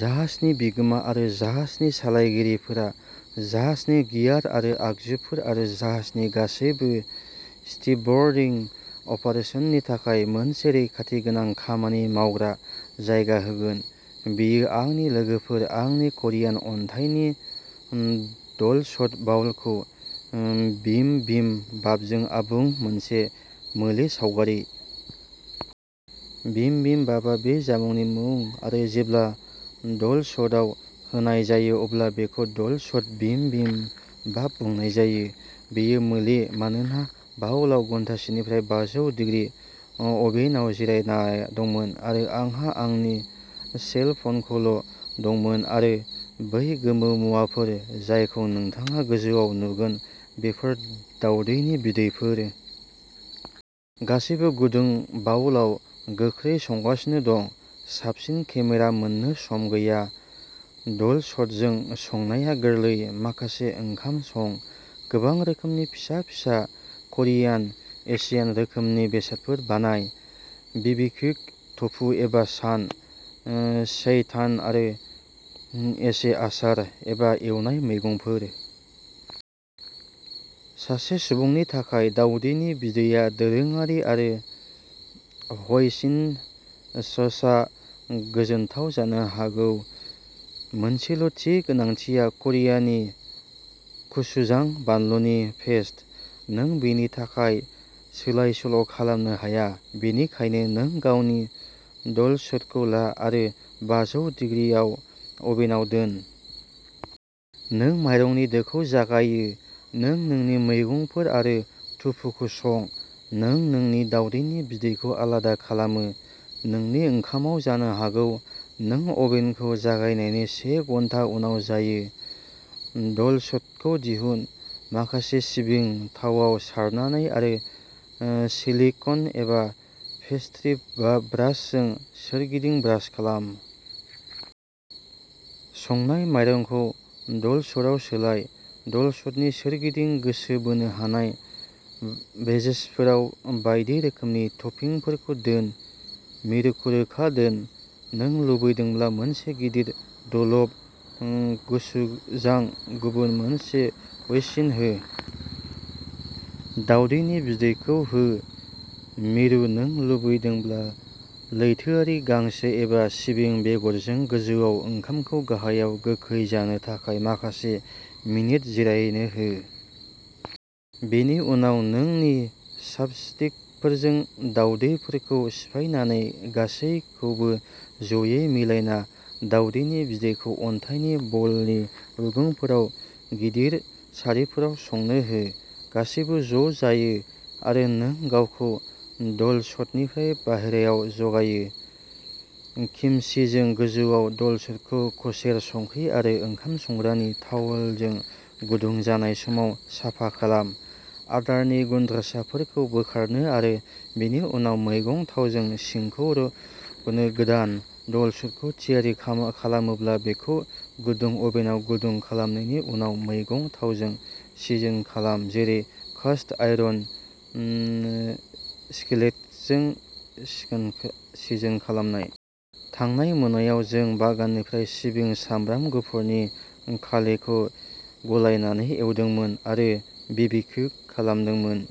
जाहाजनि बिगोमा आरो जाहाजनि सालायगिरिफोरा जाहाजनि गियार आरो आगजुफोर आरो जाहाजनि गासैबो स्टीभड'रिं अपारेसननि थाखाय मोनसे रैखाथि गोनां खामानि मावग्रा जायगा होगोन। बेयो आंनि लोगोफोर, आंनि करियान अन्थाइनि डलसट बाउलखौ बिम बिम बापजों आबुं मोनसे मोले सावगारि। बिम बिम बापआ बे जामुंनि मुं आरो जेब्ला डलसटआव होनाय जायो अब्ला बेखौ डलसट बिम बिम बाप बुंनाय जायो। बेयो मोले मानोना बाउलआ घन्टासेनिफ्राय बाजौ डिग्रि अभेनआव जिरायना दंमोन आरो आंहा आंनि सेल फ'नखौल' दंमोन आरो बै गोमो मुवाफोर जायखौ नोंथाङा गोजौआव नुगोन बेफोर दावदैनि बिदैफोर। गासैबो गुदुं बाउलआव गोख्रै संगासिनो दं साबसिन केमेरा मोननो सम गैया। डलसटजों संनाया गोरलै। माखासे ओंखाम सं। गोबां रोखोमनि फिसा फिसा करियान एशियान रोखोमनि बेसादफोर बानाय। बिबिक्यु टफु एबा सान। सेइटान आरो एसे आसार एबा एवनाय मैगंफोर। सासे सुबुंनि थाखाय दावदैनि बिदैया दोरोङारि आरो ह'इसिन ससआ गोजोनथाव जानो हागौ। मोनसेल'थि गोनांथिया क'रियानि गचुजां बानलुनि पेस्ट। नों बेनि थाखाय सोलाय सोल' खालामनो हाया। बेनिखायनो, नों गावनि डलसटखौ ला आरो बाजौ डिग्रि आव अभेनआव दोन। नों माइरंनि दोखौ जागायो। नों नोंनि मैगंफोर आरो टफुखौ सं। नों नोंनि दावदैनि बिदैखौ आलादा खालामो। नोंनि ओंखामआ जानो हागौ नों अभेनखौ जागायनायनि से घन्टा उनाव जायो। डलसटखौ दिहुन, माखासे सिबिं थावाव सारनानै आरो सिलिक'न एबा पेस्ट्री ब्रासजों सोरगिदिं ब्रास खालाम। संनाय माइरंखौ डलसटआव सोलाय। डलसटनि सोरगिदिं गोसो बोनो हानाय वेजेजफोराव बायदि रोखोमनि टपिंफोरखौ दोन, मिरुखौ रोखा दोन। नों लुबैदोंब्ला मोनसे गिदिर डलप गचुजां, गुबुन मोनसे ह'इसिन हो। दावदैनि बिदैखौ हो। मिरु नों लुबैदोंब्ला लैथोआरि गांसो एबा सिबिं बेगरजों गोजौआव ओंखामखौ गाहायाव गोखै जानो थाखाय माखासे मिनिट जिरायनो हो। बेनि उनाव, नोंनि चापस्टिकफोरजों दावदैफोरखौ सिफायनानै गासैबोखौ जयै मिलायना दावदैनि बिदैखौ अन्थाइनि ब'लनि रुगुंफोराव गिदिर सारिफोराव संनो हो। गासैबो ज' जायो आरो नों गावखौ डलसटनिफ्राय बाहेरायाव जगायो। किमचिजों गोजौआव डलसटखौ कसेर संख्रि आरो ओंखाम संग्रानि तावलजों गुदुं जानाय समाव साफा खालाम, आदारनि गुनद्रासाफोरखौ बोखारनो आरो बेनि उनाव मैगं थावजों सिंखौ रग'नो गोदान डलसटखौ थियारि खालामोब्ला बेखौ गुदुं अभेनआव गुदुं खालामनायनि उनाव मैगं थावजों सिजोन खालाम, जेरै कास्ट आयरन स्किलेटखौ सिजोन खालामनाय। थांनाय मोनायाव जों बागाननिफ्राय सिबिं सामब्राम गुफुरनि कालेखौ गलायनानै एवदोंमोन, एसे बिबिक्यु खालामदोंमोन।